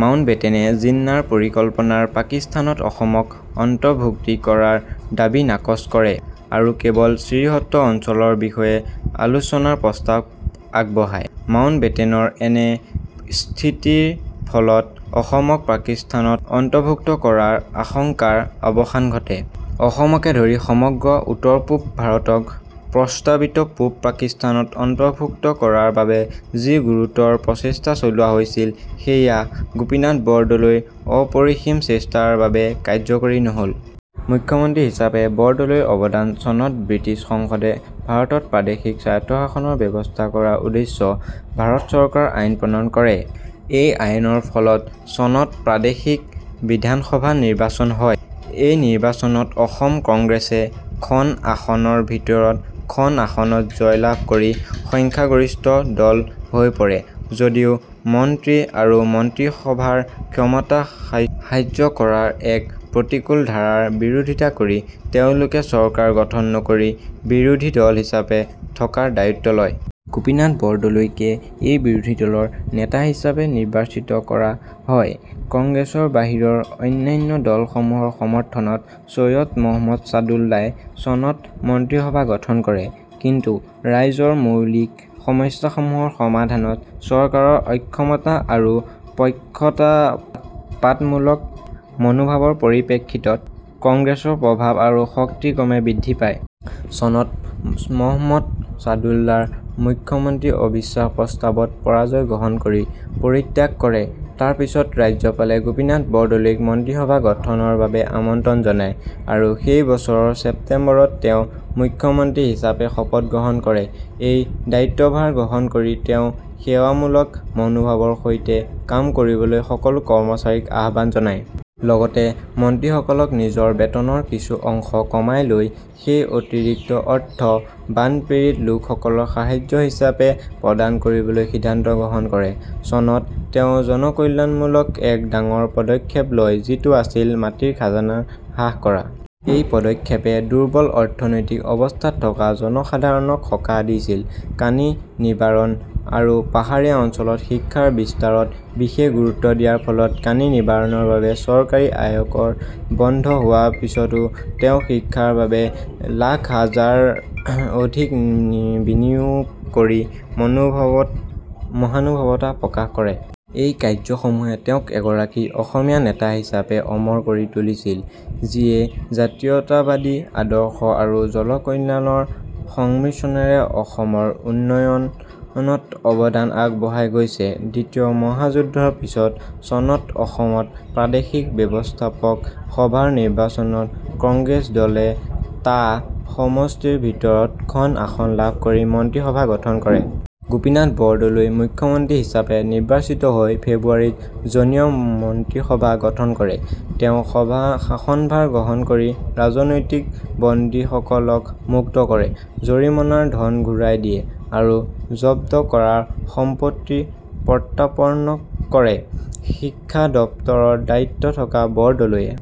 মাউণ্টবেটেনে জিন্নাৰ পৰিকল্পনাৰ পাকিস্তানত অসমক অন্তৰ্ভুক্তি কৰাৰ দাবী নাকচ কৰে আৰু কেৱল শ্ৰীহট্ট অঞ্চলৰ বিষয়ে আলোচনাৰ প্ৰস্তাৱ আগবঢ়ায়। মাউণ্টবেটেনৰ এনে স্থিতিৰ ফলত অসমক পাকিস্তানত অন্তৰ্ভুক্ত কৰাৰ আশংকাৰ অৱসান ঘটে। অসমকে ধৰি সমগ্ৰ উত্তৰ-পূব ভাৰতক প্ৰস্তাৱিত পূব পাকিস্তানত অন্তৰ্ভুক্ত কৰাৰ বাবে যি গুৰুতৰ প্ৰচেষ্টা চলোৱা হৈছিল; সেয়া গোপীনাথ বৰদলৈৰ অপৰিসীম চেষ্টাৰ বাবে কাৰ্যকৰী নহ'ল। মুখ্যমন্ত্ৰী হিচাপে বৰদলৈৰ অৱদান চনত ব্ৰিটিছ সংসদে ভাৰতত প্ৰাদেশিক স্বায়ত্তশাসনৰ ব্যৱস্থা কৰা উদ্দেশ্য ভাৰত চৰকাৰ আইন প্ৰণয়ন কৰে। এই আইনৰ ফলত চনত প্ৰাদেশিক বিধানসভা নিৰ্বাচন হয়। এই নিৰ্বাচনত অসম কংগ্ৰেছে খন আসনৰ ভিতৰত খন আসনত জয়লাভ কৰি সংখ্যাগৰিষ্ঠ দল হৈ পৰে, যদিও মন্ত্ৰী আৰু মন্ত্ৰীসভাৰ ক্ষমতা হ্ৰাস কৰাৰ এক প্ৰতিকূল ধাৰাৰ বিৰোধিতা কৰি তেওঁলোকে চৰকাৰ গঠন নকৰি বিৰোধী দল হিচাপে থকাৰ সিদ্ধান্ত লয়। গোপীনাথ বৰদলৈকে এই বিৰোধী দলৰ নেতা হিচাপে নিৰ্বাচিত কৰা হয়। কংগ্ৰেছৰ বাহিৰৰ অন্যান্য দলসমূহৰ সমৰ্থনত ছৈয়দ মহম্মদ ছাদুল্লাই চনত মন্ত্ৰীসভা গঠন কৰে। কিন্তু ৰাইজৰ মৌলিক সমস্যাসমূহৰ সমাধানত চৰকাৰৰ অক্ষমতা আৰু পক্ষপাতমূলক মনোভাৱৰ পৰিপ্ৰেক্ষিতত কংগ্ৰেছৰ প্ৰভাৱ আৰু শক্তি ক্ৰমে বৃদ্ধি পায়। চনত মহম্মদ ছাদুল্লাৰ মন্ত্ৰীসভাই অবিশ্বাস প্ৰস্তাৱত পৰাজয় গ্ৰহণ কৰি পদত্যাগ কৰে। তাৰ পিছত ৰাজ্যপালে গোপীনাথ বৰদলৈক মন্ত্ৰীসভা গঠনৰ বাবে আমন্ত্ৰণ জনায় আৰু সেই বছৰৰ ছেপ্তেম্বৰত তেওঁ মুখ্যমন্ত্ৰী হিচাপে শপত গ্ৰহণ কৰে। এই দায়িত্বভাৰ গ্ৰহণ কৰি তেওঁ সেৱামূলক মনোভাৱৰ সৈতে কাম কৰিবলৈ সকলো কৰ্মচাৰীক আহ্বান জনায়। লগতে মন্ত্ৰীসকলক নিজৰ বেতনৰ কিছু অংশ কমাই লৈ সেই অতিৰিক্ত অৰ্থ বানপীড়িত লোকসকলক সাহায্য হিচাপে প্ৰদান কৰিবলৈ সিদ্ধান্ত গ্ৰহণ কৰে। চনত তেওঁ জনকল্যাণমূলক এক ডাঙৰ পদক্ষেপ লয় যিটো আছিল মাটিৰ খাজনা হ্ৰাস কৰা। এই পদক্ষেপে দুৰ্বল অৰ্থনৈতিক অৱস্থাত থকা জনসাধাৰণক সকাহ দিছিল। কানি নিবাৰণ আৰু পাহাৰীয়া অঞ্চলত শিক্ষাৰ বিস্তাৰত বিশেষ গুৰুত্ব দিয়াৰ ফলত কানি নিবাৰণৰ বাবে চৰকাৰী আয়কৰ বন্ধ হোৱাৰ পিছতো তেওঁ শিক্ষাৰ বাবে লাখ হাজাৰ টকাৰ অধিক বিনিয়োগ কৰি মহানুভৱতা প্ৰকাশ কৰে। এই কাৰ্যসমূহে তেওঁক এগৰাকী অসমীয়া নেতা হিচাপে অমৰ কৰি তুলিছিল, যিয়ে জাতীয়তাবাদী আদৰ্শ আৰু জনকল্যাণৰ সংমিশ্ৰণেৰে অসমৰ উন্নয়নত অৱদান আগবঢ়াই গৈছে। দ্বিতীয় মহাযুদ্ধৰ পিছত চনত অসমত প্ৰাদেশিক ব্যৱস্থাপক সভাৰ নিৰ্বাচনত কংগ্ৰেছ দলে টা সমষ্টিৰ ভিতৰত খন আসন লাভ কৰি মন্ত্ৰীসভা গঠন কৰে। গোপীনাথ বৰদলৈ মুখ্যমন্ত্ৰী হিচাপে নিৰ্বাচিত হৈ ফেব্ৰুৱাৰীত জনীয়া মন্ত্ৰীসভা গঠন কৰে। তেওঁ শাসনভাৰ গ্ৰহণ কৰি ৰাজনৈতিক বন্দীসকলক মুক্ত কৰে, জৰিমনাৰ ধন ঘূৰাই দিয়ে আৰু জব্দ কৰা সম্পত্তি প্ৰত্যাৰ্পণ কৰে। শিক্ষা দপ্তৰৰ দায়িত্বত থকা বৰদলৈয়ে